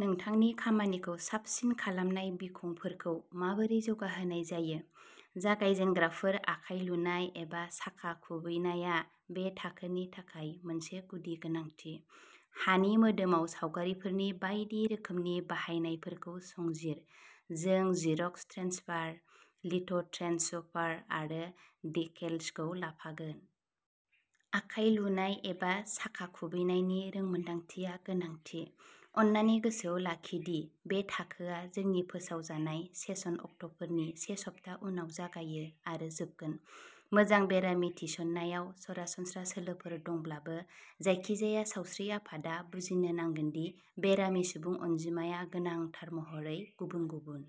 नोंथांनि खामानिखौ साबसिन खालामनाय बिखंफोरखौ माबोरै जौगाहोनाय जायो। जागायजेनग्राफोर आखाइ लुनाय एबा साखा खुबैनाया बे थाखोनि थाखाय मोनसे गुदि गोनांथि। हानि मोदोमाव सावगारिफोरनि बायदि रोखोमनि बाहायनायफोरखौ संजिर। जों जेरक्स ट्रेन्सफार, लिथ'ट्रेन्सफार आरो डेकेल्सखौ लाफागोन। आखाइ लुनाय एबा साखा खुबैनायनि रोंमोनदांथिया गोनांथि। अन्नानै गोसोआव लाखि दि बे थाखोआ जोंनि फोसावजानाय सेसन अक्टफोरनि से सप्ता उनाव जागायो आरो जोबगोन। मोजां बेरामि थिसननायाव सरासनस्रा सोलोफोर दंब्लाबो, जायखिजाया सावस्रि आफादा बुजिनो नांगोन दि बेरामि सुबुं अनजिमाया गोनांथार महरै गुबुन-गुबुन।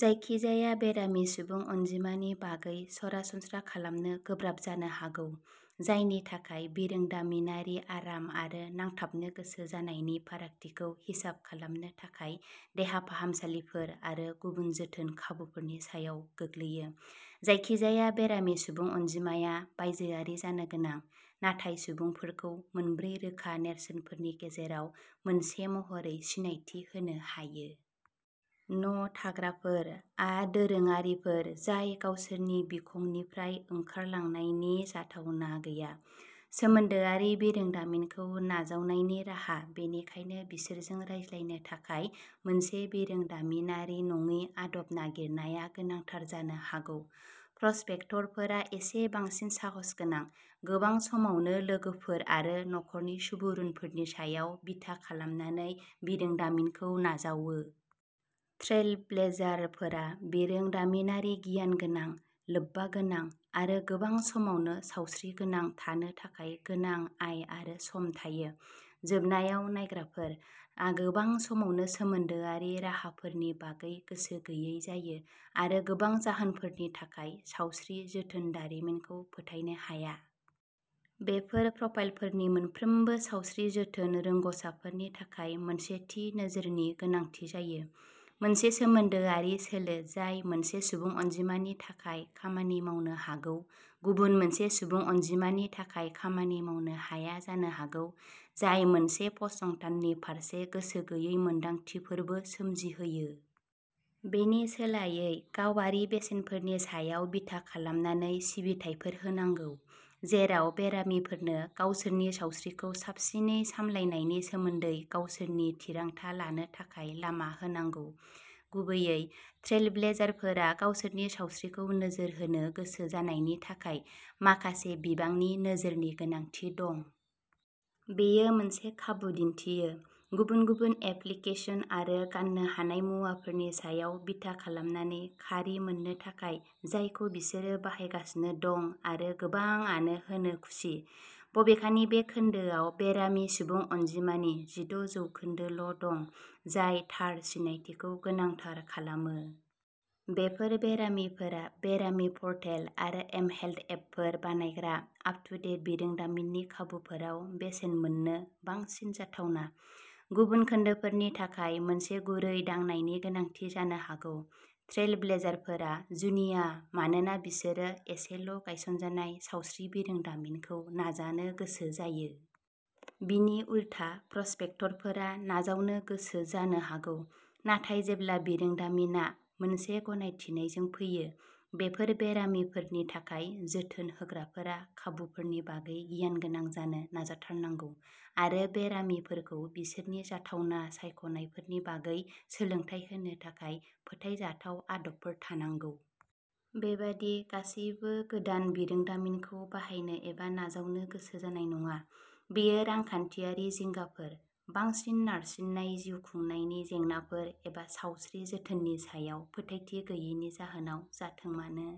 जायखिजाया बेरामि सुबुं अनजिमानि बागै सरासनस्रा खालामनो गोब्राब जानो हागौ, जायनि थाखाय बिरोंदामिनारि आराम आरो नांथाबनो गोसो जानायनि फारागथिखौ हिसाब खालामनो थाखाय देहा फाहामसालिफोर आरो गुबुन जोथोन खाबुफोरनि सायाव गोग्लैयो। जायखिजाया बेरामि सुबुं अनजिमाया बायजोआरि जानो गोनां, नाथाय सुबुंफोरखौ मोनब्रै रोखा नेरसोनफोरनि गेजेराव मोनसे महरै सिनायथि होनो हायो। "न'थाग्राफोर" आ दोरोङारिफोर जाय गावसोरनि बिखंनिफ्राय ओंखारलांनायनि जाथावना गैया। सोमोन्दोआरि बिरोंदामिनखौ नाजावनायनि राहा-बेनिखायनो बिसोरजों रायज्लायनो थाखाय मोनसे बिरोंदामिनारि नङि आदब नागिरनाया गोनांथार जानो हागौ। "प्रस्पेक्टर" फोरा एसे बांसिन साहसगोनां, गोबां समावनो लोगोफोर आरो नखरनि सुबुरुनफोरनि सायाव बिथा खालामनानै बिरोंदामिनखौ नाजावो। "ट्रेलब्लेजार" फोरा बिरोंदामिनारि गियान गोनां, लोब्बा गोनां, आरो गोबां समावनो सावस्रिगोनां थानो थाखाय गोनां आय आरो सम थायो। जोबनायाव, "नायग्राफोर" आ गोबां समावनो सोमोन्दोआरि राहाफोरनि बागै गोसो गैयै जायो, आरो गोबां जाहोनफोरनि थाखाय सावस्रि जोथोन दारिमिनखौ फोथायनो हाया। बेफोर प्रफाइलफोरनि मोनफ्रोमबो सावस्रि जोथोन रोंग'साफोरनि थाखाय मोनसे थि नोजोरनि गोनांथि जायो। मोनसे सोमोन्दोआरि सोलो जाय मोनसे सुबुं अनजिमानि थाखाय खामानि मावनो हागौ, गुबुन मोनसे सुबुं अनजिमानि थाखाय खामानि मावनो हाया जानो हागौ, जाय मोनसे फसंथाननि फारसे गोसो गैयै मोन्दांथिफोरबो सोमजिहोयो। बेनि सोलायै, गावारि बेसेनफोरनि सायाव बिथा खालामनानै सिबिथाइफोर होनांगौ, जेराव बेरामिफोरनो गावसोरनि सावस्रिखौ साबसिनै सामलायनायनि सोमोन्दै गावसोरनि थिरांथा लानो थाखाय लामा होनांगौ। गुबैयै, ट्रेलब्लेजारफोरा गावसोरनि सावस्रिखौ नोजोर होनो गोसो जानायनि थाखाय माखासे बिबांनि नोजोरनि गोनांथि दं। बेयो मोनसे खाबु दिन्थियो। गुबुन गुबुन एप्लिकेसन आरो गान्नो हानाय मुवाफोरनि सायाव बिथा खालामनानै खारि मोननो थाखाय, जायखौ बिसोरो बाहायगासिनो दं-आरो गोबांआनो होनो खुसि। बबेखानि, बे खोन्दोआव बेरामि सुबुं अनजिमानि जिद' जौखोन्दो ल'दं, जाय थार सिनायथिखौ गोनांथार खालामो। बेफोर बेरामिफोरा बेरामि पर्टेल आरो एमहेल्थ एपफोर बानायग्रा आप-टु-डेट बिरोंदामिननि खाबुफोराव बेसेन मोन्नो बांसिन जाथावना। गुबुन खोन्दोफोरनि थाखाय, मोनसे गुरै दांनायनि गोनांथि जानो हागौ। ट्रेलब्लेजारफोरा जुनिया मानोना बिसोरो एसेल'गायसनजानाय सावस्रि बिरोंदामिनखौ नाजानो गोसो जायो। बिनि उलथा, प्रस्पेक्टरफोरा नाजावनो गोसो जानो हागौ, नाथाय जेब्ला बिरोंदामिनआ मोनसे गनायथिनायजों फैयो। बेफोर बेरामिफोरनि थाखाय, जोथोन होग्राफोरा खाबुफोरनि बागै गियान गोनां जानो नाजाथारनांगौ आरो बेरामिफोरखौ बिसोरनि जाथावना सायख'नायफोरनि बागै सोलोंथाय होनो थाखाय फोथायजाथाव आदबफोर थानांगौ। बेबादि, गासैबो गोदान बिरोंदामिनखौ बाहायनो एबा नाजावनो गोसो जानाय नङा। बेयो रांखान्थियारि जिंगाफोर, बांसिन नारसिननाय जिउखुंनायनि जेंनाफोर, एबा सावस्रि जोथोननि सायाव फोथायथि गैयैनि जाहोनाव जाथों मानो,